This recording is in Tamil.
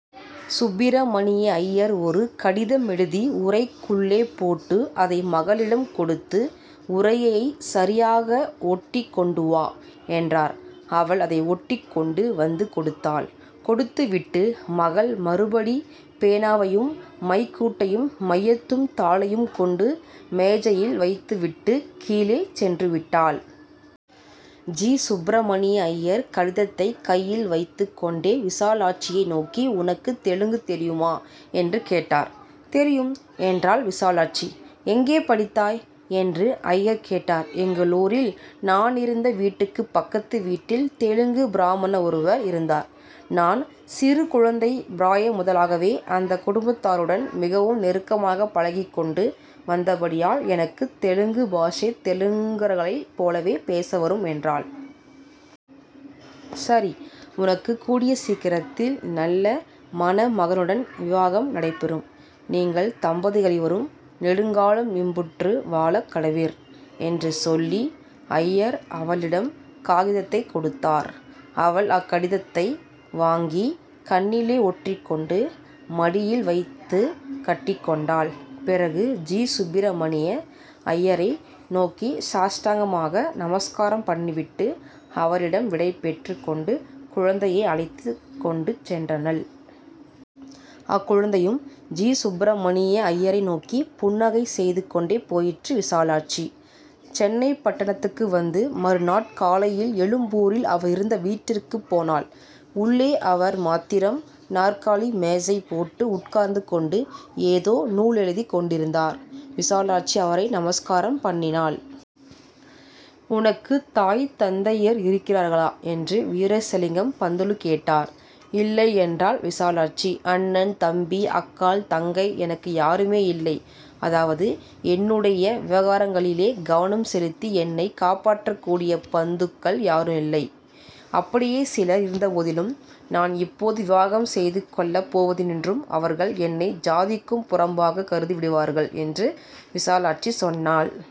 சுப்பிரமணிய அய்யர் ஒரு கடிதமெழுதி உறைக்குள்ளே போட்டு, அதை மகளிடம் கொடுத்து ''உறையை சரியாக ஒட்டிக் கொண்டு வா'' என்றார். அவள் அதை ஒட்டிக் கொண்டு வந்து கொடுத்தாள். கொடுத்துவிட்டு, மகள் மறுபடி பேனாவையும், மைக்கூட்டையும் மையத்தும் தாளையும் கொண்டு மேஜையில் வைத்துவிட்டுக் கீழே சென்றுவிட்டாள். ஜீ. சுப்பிரமணிய அய்யர் கடிதத்தைக் கையில் வைத்துக் கொண்டே விசாலாட்சியை நோக்கி, ''உனக்குத் தெலுங்கு தெரியுமா? '' என்று கேட்டார். ''தெரியும்'' என்றாள் விசாலாட்சி. ''எங்கே படித்தாய்? '' என்று அய்யர் கேட்டார். ''எங்களூரில் நானிருந்த வீட்டுக்குப் பக்கத்து வீட்டில் தெலுங்குப் பிராமணரொருவர் இருந்தார். நான் சிறு குழந்தைப் பிராய முதலாகவே அந்தக் குடும்பத்தாருடன் மிகவும் நெருக்கமாக பழகிக் கொண்டு வந்தபடியால் எனக்குத் தெலுங்கு பாஷை தெலுங்கர்களைப் போலவே பேச வரும்'' என்றாள். ''சரி, உனக்குக் கூடிய சீக்கிரத்தில் நல்ல மணமகனுடன் விவாகம் நடைபெறும். நீங்கள் தம்பதிகளிருவரும் நெடுங்காலம் இன்புற்று வாழக் கடவீர்'' என்று சொல்லி, அய்யர் அவளிடம் காகிதத்தைக் கொடுத்தார். அவள் அக்கடித்தை வாங்கி கண்ணிலே ஒற்றிக்கொண்டு மடியில் வைத்துக் கட்டிக் கொண்டாள். பிறகு ஜீ. சுப்பிரமணிய அய்யரை நோக்கி சாஷ்டாங்கமாக நமஸ்காரம் பண்ணிவிட்டு, அவரிடம் விடை பெற்றுக் கொண்டு, குழந்தையை அழைத்துக் கொண்டு சென்றனள். அக்குழந்தையும் ஜீ. சுப்பிரமணிய அய்யரை நோக்கிப் புன்னகை செய்து கொண்டே போயிற்று. விசாலாட்சி சென்னைப்பட்டணத்துக்கு வந்து, மறுநாட் காலையில் எழும்பூரில் அவர் இருந்த வீட்டிற்குப் போனாள். உள்ளே அவர் மாத்திரம் நாற்காலி மேஜை போட்டு உட்கார்ந்து கொண்டு ஏதோ நூலெழுதிக் கொண்டிருந்தார். விசாலாட்சி அவரை நமஸ்காரம் பண்ணினாள். ''உனக்குத் தாய் தந்தையர் இருக்கிறார்களா? '' என்று வீரேசலிங்கம் பந்துலு கேட்டார். ''இல்லை'' என்றாள் விசாலாட்சி. ''அண்ணன், தம்பி, அக்காள், தங்கை-? '' ''எனக்கு யாருமே இல்லை. அதாவது, என்னுடைய விவகாரங்களிலே கவனம் செலுத்தி என்னைக் காப்பாற்றக்கூடிய பந்துக்கள் யாருமில்லை. அப்படியே சிலர் இருந்தபோதிலும், நான் இப்போது விவாகம் செய்துகொள்ளப் போவதினின்றும் அவர்கள் என்னை ஜாதிக்குப் புறம்பாகக் கருதி விடுவார்கள்'' என்று விசாலாட்சி சொன்னாள்.